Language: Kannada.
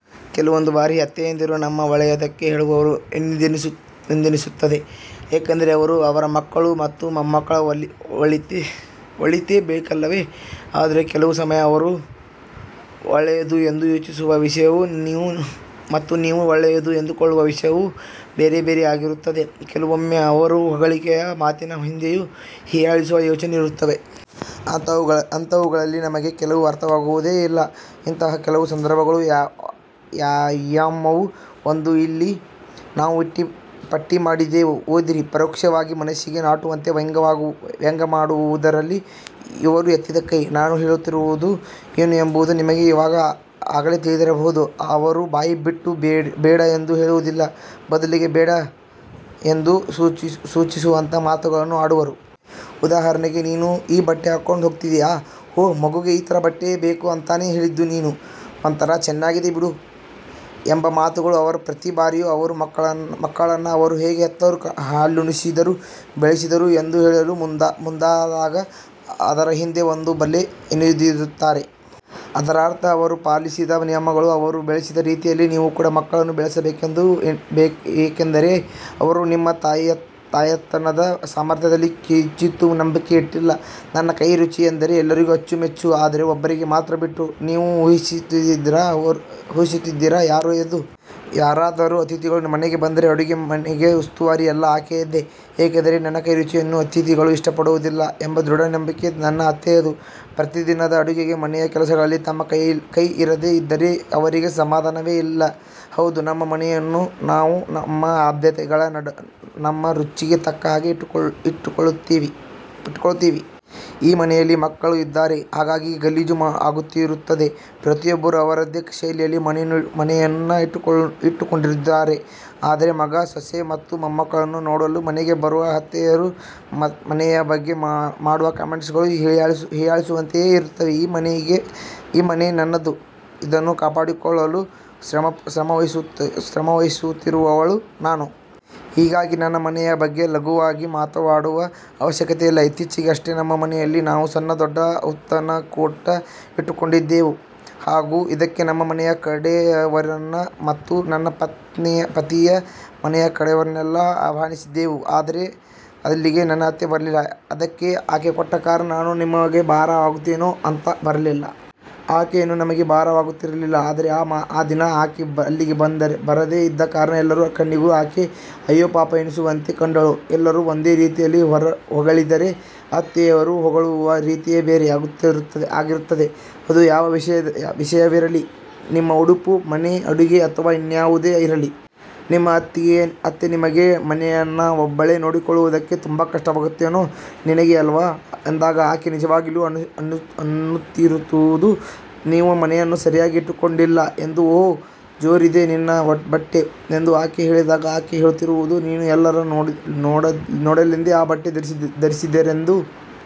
ಕೆಲವೊಂದು ಬಾರಿ ಅತ್ತೆಯಂದಿರು ನಮ್ಮ ಒಳ್ಳೆಯದಕ್ಕೆ ಹೇಳುವವರು ಎಂದೆನಿಸುತ್ತದೆ. ಏಕೆಂದರೆ, ಅವರಿಗೂ ಅವರ ಮಕ್ಕಳ ಮತ್ತು ಮೊಮ್ಮಕ್ಕಳ ಒಳಿತೇ ಬೇಕಲ್ಲವೇ. ಆದರೆ ಕೆಲವು ಸಮಯ ಅವರು ಒಳ್ಳೆಯದು ಎಂದು ಯೋಚಿಸುವ ವಿಷಯವು ಮತ್ತು ನೀವು ಒಳ್ಳೆಯದು ಎಂದುಕೊಳ್ಳುವ ವಿಷಯವು ಬೇರೆ ಬೇರೆ ಆಗಿರುತ್ತವೆ. ಕೆಲವೊಮ್ಮೆ ಅವರು ಹೊಗಳಿಕೆಯ ಮಾತಿನ ಹಿಂದೆಯೂ ಹೀಯಾಳಿಸುವ ಯೋಚನೆ ಇರುತ್ತವೆ. ಅಂಥವುಗಳಲ್ಲಿ ನಮಗೆ ಕೆಲವು ಅರ್ಥವಾಗುವುದೇ ಇಲ್ಲ. ಇಂತಹ ಕೆಲವು ಸಂದರ್ಭಗಳು ಯಾವ್ಯಾವು ಎಂದು ಇಲ್ಲಿ ನಾವು ಪಟ್ಟಿ ಮಾಡಿದ್ದೇವೆ ಓದಿರಿ ಪರೋಕ್ಷವಾಗಿ ಮನಸ್ಸಿಗೆ ನಾಟುವಂತೆ ವ್ಯಂಗ್ಯವಾಡುವುದರಲ್ಲಿ ಇವರು ಎತ್ತಿದ ಕೈ. ನಾನು ಹೇಳುತ್ತಿರುವುದು ಏನು ಎಂಬುದು ನಿಮಗೆ ಇವಾಗ ಆಗಲೇ ತಿಳಿದಿರಬಹುದು. ಅವರು ಬಾಯಿ ಬಿಟ್ಟು ಬೇಡ ಎಂದು ಹೇಳುವುದಿಲ್ಲ, ಬದಲಿಗೆ ಬೇಡ ಎಂದು ಸೂಚಿಸುವಂತ ಮಾತುಗಳನ್ನ ಆಡುವರು. ಉದಾಹರಣೆಗೆ "ನೀನು ಈ ಬಟ್ಟೆ ಹಾಕೊಂಡ್ ಹೋಗ್ತಿದೀಯಾ? "ಒಹ್ ಮಗುಗೆ ಈ ಥರ ಬಟ್ಟೆ ಬೇಕು ಅಂತಾನಾ ಹೇಳಿದ್ದು ನೀನು? " "ಒಂಥರಾ ಚೆನ್ನಾಗಿದೆ ಬಿಡು" ಎಂಬ ಮಾತುಗಳು. ಅವರು ಪ್ರತಿ ಬಾರಿಯೂ ಅವರ ಮಕ್ಕಳನ್ನ ಅವರು ಹೇಗೆ ಹೆತ್ತರು, ಹಾಲುಣಿಸಿದರು, ಬೆಳೆಸಿದರು ಎಂದು ಹೇಳಲು ಮುಂದಾದಾಗ, ಅದರ ಹಿಂದೆ ಒಂದು ಬಲೆ ಎಣೆದಿರುತ್ತಾರೆ. ಅದರ ಅರ್ಥ ಅವರು ಪಾಲಿಸಿದ ನಿಯಮಗಳು, ಅವರು ಬೆಳೆಸಿದ ರೀತಿಯಲ್ಲೇ ನೀವೂ ಕೂಡ ಮಕ್ಕಳನ್ನು ಬೆಳೆಸಬೇಕೆಂಬುದು. ಏಕೆಂದರೆ ಅವರು ನಿಮ್ಮ ತಾಯ್ತನದ ಸಾಮರ್ಥ್ಯದಲ್ಲಿ ಕಿಂಚಿತ್ತು ನಂಬಿಕೆ ಇಟ್ಟಿಲ್ಲ. ನನ್ನ ಕೈ ರುಚಿ ಎಂದರೆ ಎಲ್ಲರಿಗೂ ಅಚ್ಚು ಮೆಚ್ಚು. ಆದರೆ ಒಬ್ಬರಿಗೆ ಮಾತ್ರ ಬಿಟ್ಟು. ನೀವು ಊಹಿಸಿರುತ್ತೀರಾ ಯಾರು ಎಂದು. ಯಾರಾದರೂ ಅತಿಥಿಗಳು ಮನೆಗೆ ಬಂದರೆ, ಅಡುಗೆ ಮನೆಯ ಉಸ್ತುವಾರಿ ಎಲ್ಲಾ ಆಕೆಯದ್ದೇ. ಏಕೆಂದರೆ ನನ್ನ ಕೈ ರುಚಿಯನ್ನು ಅತಿಥಿಗಳು ಇಷ್ಟಪಡುವುದಿಲ್ಲ ಎಂಬ ದೃಢ ನಂಬಿಕೆ ನನ್ನ ಅತ್ತೆಯದ್ದು. ಪ್ರತಿದಿನದ ಅಡುಗೆ ಮನೆಯ ಕೆಲಸಗಳಲ್ಲಿ ತಮ್ಮ ಕೈ ಇರದೇ ಇದ್ದರೆ, ಅವರಿಗೆ ಸಮಾಧಾನವಿಲ್ಲ. ಹೌದು ನಮ್ಮ ಮನೆಯನ್ನು ನಾವು ನಮ್ಮ ಆದ್ಯತೆಗಳ, ನಮ್ಮ ರುಚಿಗೆ ತಕ್ಕ ಹಾಗೆ ಇಟ್ಟುಕೊಳ್ಳುತ್ತೀವಿ. ಈ ಮನೆಯಲ್ಲಿ ಮಕ್ಕಳು ಇದ್ದಾರೆ, ಹಾಗಾಗಿ ಗಲೀಜು ಆಗುತ್ತಿರುತ್ತದೆ. ಪ್ರತಿಯೊಬ್ಬರೂ ಅವರದ್ದೇ ಶೈಲಿಯಲ್ಲಿ ಮನೆಯನ್ನ ಇಟ್ಟುಕೊಂಡಿರುತ್ತಾರೆ. ಆದರೆ, ಮಗ, ಸೊಸೆ ಮತ್ತು ಮೊಮ್ಮಕ್ಕಳನ್ನು ನೋಡಲು ಮನೆಗೆ ಬರುವ ಅತ್ತೆಯರು ಮನೆಯ ಬಗ್ಗೆ ಮಾಡುವ ಕಾಮೆಂಟ್ಸ್ ಗಳು ಹೀಯಾಳಿಸುವಂತೆಯೇ ಇರುತ್ತವೆ. ಈ ಮನೆ ನನ್ನದು, ಇದನ್ನು ಕಾಪಾಡಿಕೊಳ್ಳಲು ಶ್ರಮವಹಿಸುತ್ತಿರುವವಳು ನಾನು. ಹೀಗಾಗಿ ನನ್ನ ಮನೆಯ ಬಗ್ಗೆ ಲಘುವಾಗಿ ಮಾತಾಡುವ ಅವಶ್ಯಕತೆ ಇಲ್ಲ. ಇತ್ತೀಚಿಗಷ್ಟೇ ನಮ್ಮ ಮನೆಯಲ್ಲಿ ನಾವು ಸಣ್ಣದೊಂದು ಔತಣಕೂಟ ಇಟ್ಟುಕೊಂಡಿದ್ದೆವು ಹಾಗು ಇದಕ್ಕೆ ನಮ್ಮ ಮನೆಯ ಕಡೆಯವರನ್ನ ಮತ್ತು ನನ್ನ ಪತಿಯ ಮನೆಯ ಕಡೆಯವರನ್ನೆಲ್ಲಾ ಆಹ್ವಾನಿಸಿದ್ದೆವು. ಆದರೆ ಅಲ್ಲಿಗೆ ನನ್ನ ಅತ್ತೆ ಬರಲಿಲ್ಲ. ಅದಕ್ಕೆ ಆಕೆ ಕೊಟ್ಟ ಕಾರಣ "ನಾನು ನಿಮಗೆ ಭಾರ ಆಗುತ್ತೀನೇನೋ ಅಂತ ಬರಲಿಲ್ಲ". ಆಕೆಯೇನೂ ನಮಗೆ ಭಾರವಾಗುತ್ತಿರಲಿಲ್ಲ ಆದರೆ ಆ ದಿನ ಆಕೆ ಅಲ್ಲಿಗೆ ಬರದೇ ಇದ್ದ ಕಾರಣ, ಎಲ್ಲರ ಕಣ್ಣಿಗೂ ಆಕೆ ಅಯ್ಯೋ ಪಾಪ ಎನಿಸುವಂತೆ ಕಂಡಳು. ಎಲ್ಲರೂ ಒಂದು ರೀತಿಯಲ್ಲಿ ಹೊಗಳಿದರೆ, ಅತ್ತೆಯರು ಹೊಗಳುವ ರೀತಿಯೇ ಬೇರೆ ಆಗಿರುತ್ತದೆ. ಅದು ಯಾವುದೇ ವಿಷಯವಿರಲಿ. ನಿಮ್ಮ ಉಡುಪು, ಮನೆ, ಅಡುಗೆ ಅಥವಾ ಇನ್ನ್ಯಾವುದೇ ಇರಲಿ. ನಿಮ್ಮ ಅತ್ತೆ ನಿಮಗೆ "ಮನೆಯನ್ನ ಒಬ್ಬಳೇ ನೋಡಿಕೊಳ್ಳುವುದಕ್ಕೆ ತುಂಬಾ ಕಷ್ಟ ಆಗುತ್ತೇನೋ ನಿನಗೆ ಅಲ್ವಾ" ಎಂದಾಗ ಆಕೆ ನಿಜವಾಗಲೂ ಅನ್ನುತ್ತಿರುವುದು ನೀವು ಮನೆಯನ್ನು ಸರಿಯಾಗಿ ಇಟ್ಟುಕೊಂಡಿಲ್ಲ ಎಂದು. "ಒಹ್ ಜೋರ್ ಇದೆ ನಿನ್ನ ಬಟ್ಟೆ" ಎಂದು ಆಕೆ ಹೇಳಿದಾಗ ಆಕೆ ಹೇಳುತ್ತಿರುವುದು ನೀವು ಎಲ್ಲರೂ ನೋಡಲೆಂದೇ ಆ ಬಟ್ಟೆ ಧರಿಸಿದ್ದೀರೆಂದು.